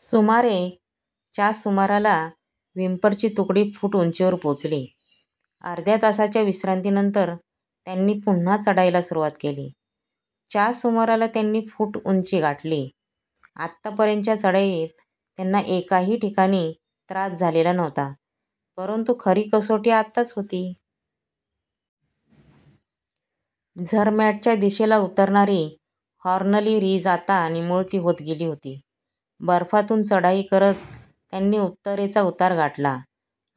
सुमारे. च्या सुमाराला व्हिम्परची तुकडी फूट उंचीवर पोहोचली. अर्ध्या तासाच्या विश्रांतीनंतर त्यांनी पुन्हा चढाईला सुरवात केली. च्या सुमाराला त्यांनी फूट उंची गाठली. आतापर्यंतच्या चढाईत त्यांना एकाही ठिकाणी त्रास झालेला नव्हता. परंतु खरी कसोटी आताच होती. झरमॅटच्या दिशेला उतरणारी हॉर्नली रिज आता निमुळती होत गेली होती. बर्फातून चढाई करत त्यांनी उत्तरेचा उतार गाठला.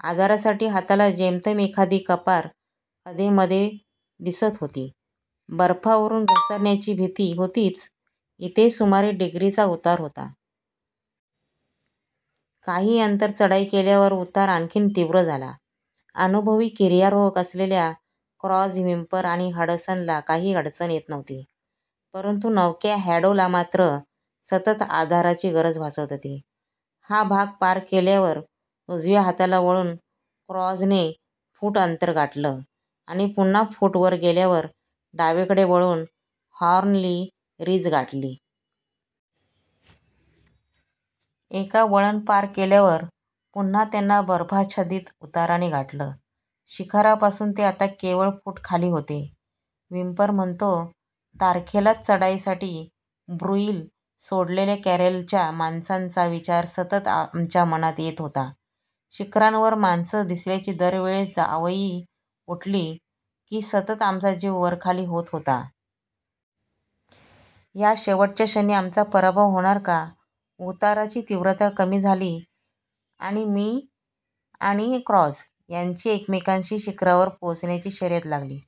आधारासाठी हाताला जेमतेम एखादी कपार अधेमधे दिसत होती. बर्फावरून घसरण्याची भीती होतीच. इथे सुमारे डिग्रीचा उतार होता. काही अंतर चढाई केल्यावर उतार आणखीन तीव्र झाला. अनुभवी गिर्यारोहक असलेल्या क्रॉझ, व्हिम्पर आणि हडसनला काही अडचण येत नव्हती. परंतु नवख्या हॅडोला मात्र सतत आधाराची गरज भासत होती. हा भाग पार केल्यावर उजव्या हाताला वळून क्रॉझने फूट अंतर गाठलं आणि पुन्हा फूट वर गेल्यावर डावीकडे वळून हॉर्नली रिज गाठली. एका वळण पार केल्यावर पुन्हा त्यांना बर्फाच्छादीत उताराने गाठलं. शिखरापासून ते आता केवळ फूट खाली होते! व्हिम्पर म्हणतो," तारखेलाच चढाईसाठी ब्रुईल सोडलेल्या कॅरेलच्या माणसांचा विचार सतत आमच्या मनात येत होता. शिखरावर माणसं दिसल्याची दर वेळेस आवई उठली की सतत आमचा जीव वरखाली होत होता! या शेवटच्या क्षणी आमचा पराभव होणार का? उताराची तीव्रता कमी झाली आणि मी आणि क्रॉझ यांची एकमेकाशी शिखरावर पोहोचण्याची शर्यत लागली.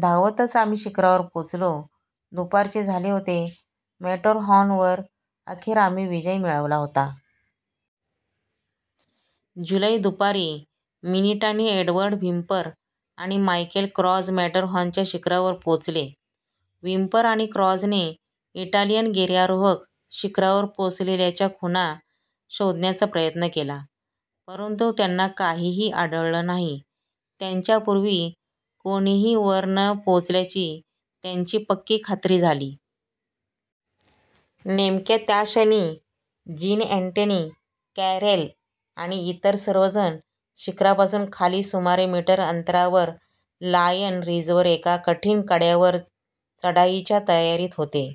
धावतच आम्ही शिखरावर पोहोचलो! दुपारचे. झाले होते! मॅटरहॉर्न वर अखेर आम्ही विजय मिळवला होता! " जुलै दुपारी. मिनीटांनी एडवर्ड व्हिंपर आणि मायकेल क्रॉझ मॅटरहॉर्नच्या शिखरावर पोहोचले! व्हिम्पर आणि क्रॉझने इटालियन गिर्यारोहक शिखरावर पोहोचल्याच्या खुणा शोधण्याचा प्रयत्न केला, परंतु त्यांना काहीही आढळलं नाही! त्यांच्या पूर्वी कोणीही वर न पोहोचल्याची त्यांची पक्की खात्री झाली! नेमक्या या क्षणी जीन अँटनी कॅरेल आणि इतर सर्वजण शिखरापासून खाली सुमारे मीटर अंतरावर लायन रिजवर एका कठीण कड्यावर चढाईच्या तयारीत होते.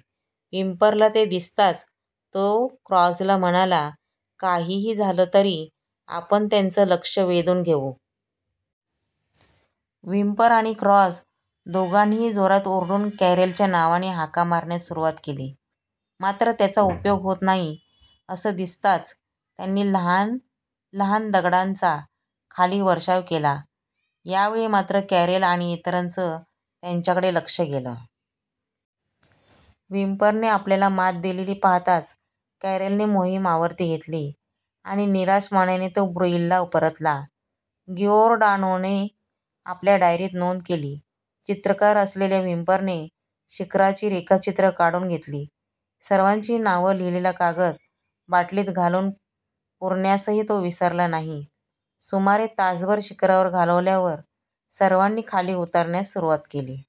व्हिम्परला ते दिसताच तो क्रॉझला म्हणाला," काहीही झालं तरी आपण त्यांचं लक्षं वेधून घेऊ! "व्हिम्पर आणि क्रॉझ दोघांनीही जोरात ओरडून कॅरेलच्या नावाने हाका मारण्यास सुरवात केली. मात्र त्याचा उपयोग होत नाही असं दिसताच त्यांनी लहान लहान दगडांचा खाली वर्षाव केला. यावेळी मात्र कॅरेल आणि इतरांचं त्यांच्याकडे लक्षं गेलं! व्हिम्परने आपल्याला मात दिलेली पाहताच कॅरेलने मोहीम आवरती घेतली आणि निराश मनाने तो ब्रुईलला परतला. गिओर्डानोने आपल्या डायरीत नोंद केली, चित्रकार असलेल्या व्हिम्परने शिखराची रेखाचित्रं काढून घेतली. सर्वांची नावं लिहीलेला कागद बाटलीत घालून पुरण्यासही तो विसरला नाही! सुमारे तासभर शिखरावर घालवल्यावर सर्वांनी खाली उतरण्यास सुरवात केली.